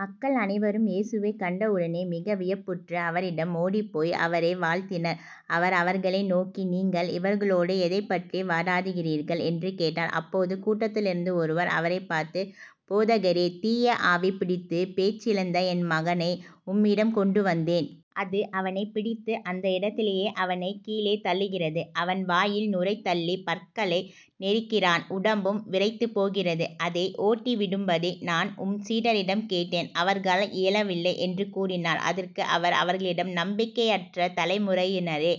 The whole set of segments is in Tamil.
மக்கள் அனைவரும் இயேசுவைக் கண்ட உடனே மிக வியப்புற்று அவரிடம் ஓடிப்போய் அவரை வாழ்த்தினர். அவர் அவர்களை நோக்கி நீங்கள் இவர்களோடு எதைப்பற்றி வாதாடுகிறீர்கள்? என்று கேட்டார். அப்போது கூட்டத்திலிருந்து ஒருவர் அவரைப் பார்த்து போதகரே. தீய ஆவி பிடித்துப் பேச்சிழந்த என் மகனை உம்மிடம் கொண்டு வந்தேன். அது அவனைப் பிடித்து அந்த இடத்திலேயே அவனைக் கீழே தள்ளுகிறது. அவன் வாயில் நுரை தள்ளிப் பற்களை நெரிக்கிறான் உடம்பும் விறைத்துப்போகிறது. அதை ஓட்டிவிடும்படி நான் உம் சீடரிடம் கேட்டேன் அவர்களால் இயலவில்லை என்று கூறினார். அதற்கு அவர் அவர்களிடம் நம்பிக்கையற்ற தலைமுறையினரே.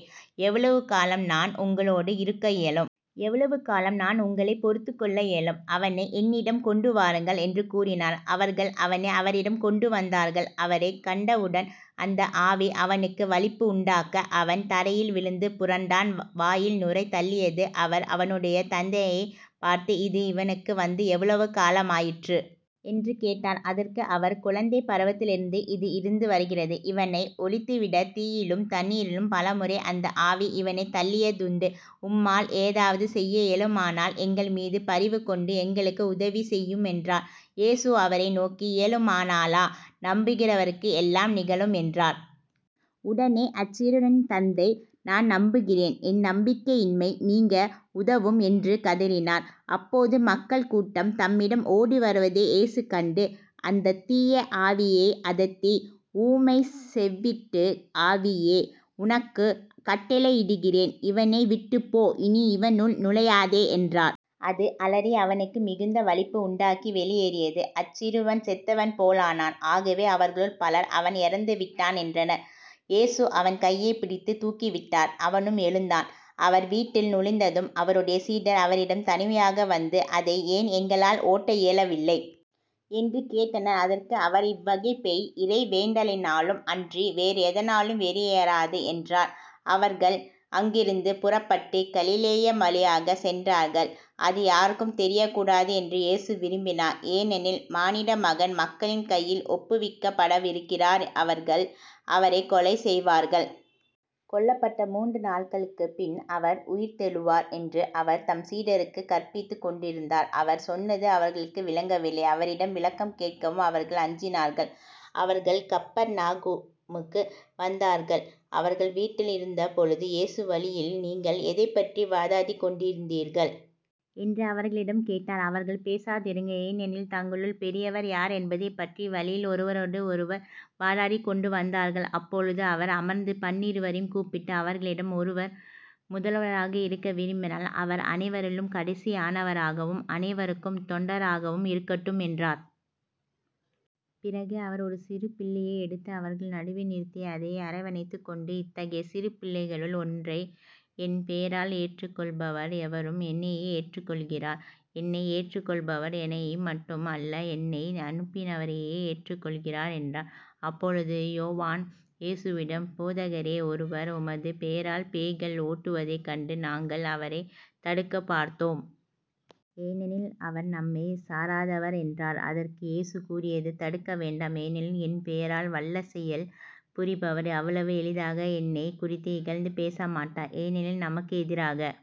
எவ்வளவு காலம் நான் உங்களோடு இருக்க இயலும்? எவ்வளவு காலம் நான் உங்களைப் பொறுத்துக்கொள்ள இயலும்? அவனை என்னிடம் கொண்டுவாருங்கள் என்று கூறினார். அவர்கள் அவனை அவரிடம் கொண்டுவந்தார்கள். அவரைக் கண்டவுடன் அந்த ஆவி அவனுக்கு வலிப்பு உண்டாக்க. அவன் தரையில் விழுந்து புரண்டான் வாயில் நுரை தள்ளியது. அவர் அவனுடைய தந்தையைப் பார்த்து இது இவனுக்கு வந்து எவ்வளவு காலமாயிற்று? என்று கேட்டார். அதற்கு அவர் குழந்தைப் பருவத்திலிருந்து இது இருந்துவருகிறது. இவனை ஒழித்துவிடத் தீயிலும் தண்ணீரிலும் பலமுறை அந்த ஆவி இவனைத் தள்ளியதுண்டு. உம்மால் ஏதாவது செய்ய இயலுமானால் எங்கள்மீது பரிவு கொண்டு எங்களுக்கு உதவி செய்யும் என்றார். இயேசு அவரை நோக்கி இயலுமானாலா? நம்புகிறவருக்கு எல்லாம் நிகழும் என்றார். உடனே அச்சிறுவனின் தந்தை நான் நம்புகிறேன். என் நம்பிக்கையின்மை நீங்க உதவும் என்று கதறினார். அப்போது மக்கள் கூட்டம் தம்மிடம் ஓடிவருவதை இயேசு கண்டு, அந்தத் தீய ஆவியை அதட்டி ஊமைச் செவிட்டு ஆவியே உனக்குக் கட்டளையிடுகிறேன் இவனை விட்டுப் போ இனி இவனுள் நுழையாதே என்றார். அது அலறி அவனுக்கு மிகுந்த வலிப்பு உண்டாக்கி வெளியேறியது. அச்சிறுவன் செத்தவன் போலானான். ஆகவே அவர்களுள் பலர் அவன் இறந்துவிட்டான் என்றனர். இயேசு அவன் கையைப் பிடித்துத் தூக்கிவிட்டார். அவனும் எழுந்தான். அவர் வீட்டில் நுழைந்ததும் அவருடைய சீடர் அவரிடம் தனிமையாக வந்து அதை ஏன் எங்களால் ஓட்ட இயலவில்லை? என்று கேட்டனர். அதற்கு அவர் இவ்வகைப் பேய் இறை வேண்டலினாலும் அன்றி வேறு எதனாலும் வெளியேறாது என்றார். அவர்கள் அங்கிருந்து புறப்பட்டுக் கலிலேயா வழியாகச் சென்றார்கள். அது யாருக்கும் தெரியக்கூடாது என்று இயேசு விரும்பினார். ஏனெனில் மானிடமகன் மக்களின் கையில் ஒப்புவிக்கப்படவிருக்கிறார் அவர்கள் அவரைக் கொலை செய்வார்கள். கொல்லப்பட்ட மூன்று நாள்களுக்குப் பின் அவர் உயிர்த்தெழுவார் என்று அவர் தம் சீடருக்குக் கற்பித்துக் கொண்டிருந்தார். அவர் சொன்னது அவர்களுக்கு விளங்கவில்லை. அவரிடம் விளக்கம் கேட்கவும் அவர்கள் அஞ்சினார்கள். அவர்கள் கப்பர்நாகூமுக்கு வந்தார்கள். அவர்கள் வீட்டில் இருந்த பொழுது இயேசு வழியில் நீங்கள் எதைப்பற்றி வாதாடிக் கொண்டிருந்தீர்கள்? என்று அவர்களிடம் கேட்டார். அவர்கள் பேசாதிருங்கள். ஏனெனில் தங்களுள் பெரியவர் யார் என்பதைப்பற்றி வழியில் ஒருவரோடு ஒருவர் வாதாடிக் கொண்டு வந்தார்கள். அப்பொழுது அவர் அமர்ந்து பன்னிருவரையும் கூப்பிட்டு அவர்களிடம் ஒருவர் முதல்வராக இருக்க விரும்பினால் அவர் அனைவரிலும் கடைசியானவராகவும் அனைவருக்கும் தொண்டராகவும் இருக்கட்டும் என்றார். பிறகு அவர் ஒரு சிறு பிள்ளையை எடுத்து அவர்கள் நடுவே நிறுத்தி அதை அரவணைத்துக் கொண்டு இத்தகைய சிறுபிள்ளைகளுள் ஒன்றை என் பெயரால் ஏற்றுக் கொள்பவர் எவரும் என்னையே ஏற்றுக்கொள்கிறார். என்னை ஏற்றுக் கொள்பவர் என்னைமட்டும் அல்ல என்னை அனுப்பினவரையே ஏற்றுக் கொள்கிறார் என்றார். அப்பொழுது யோவான் இயேசுவிடம் போதகரே ஒருவர் உமது பெயரால் பேய்கள் ஓட்டுவதைக் கண்டு நாங்கள் அவரைத் தடுக்கப் பார்த்தோம். ஏனெனில் அவர் நம்மைச் சாராதவர் என்றார். அதற்கு இயேசு கூறியது தடுக்க வேண்டாம். ஏனெனில் என் பெயரால் வல்லசெயல் புரிபவர் அவ்வளவு எளிதாக என்னைக் குறித்து இகழ்ந்து பேச மாட்டார். ஏனெனில் நமக்கு எதிராக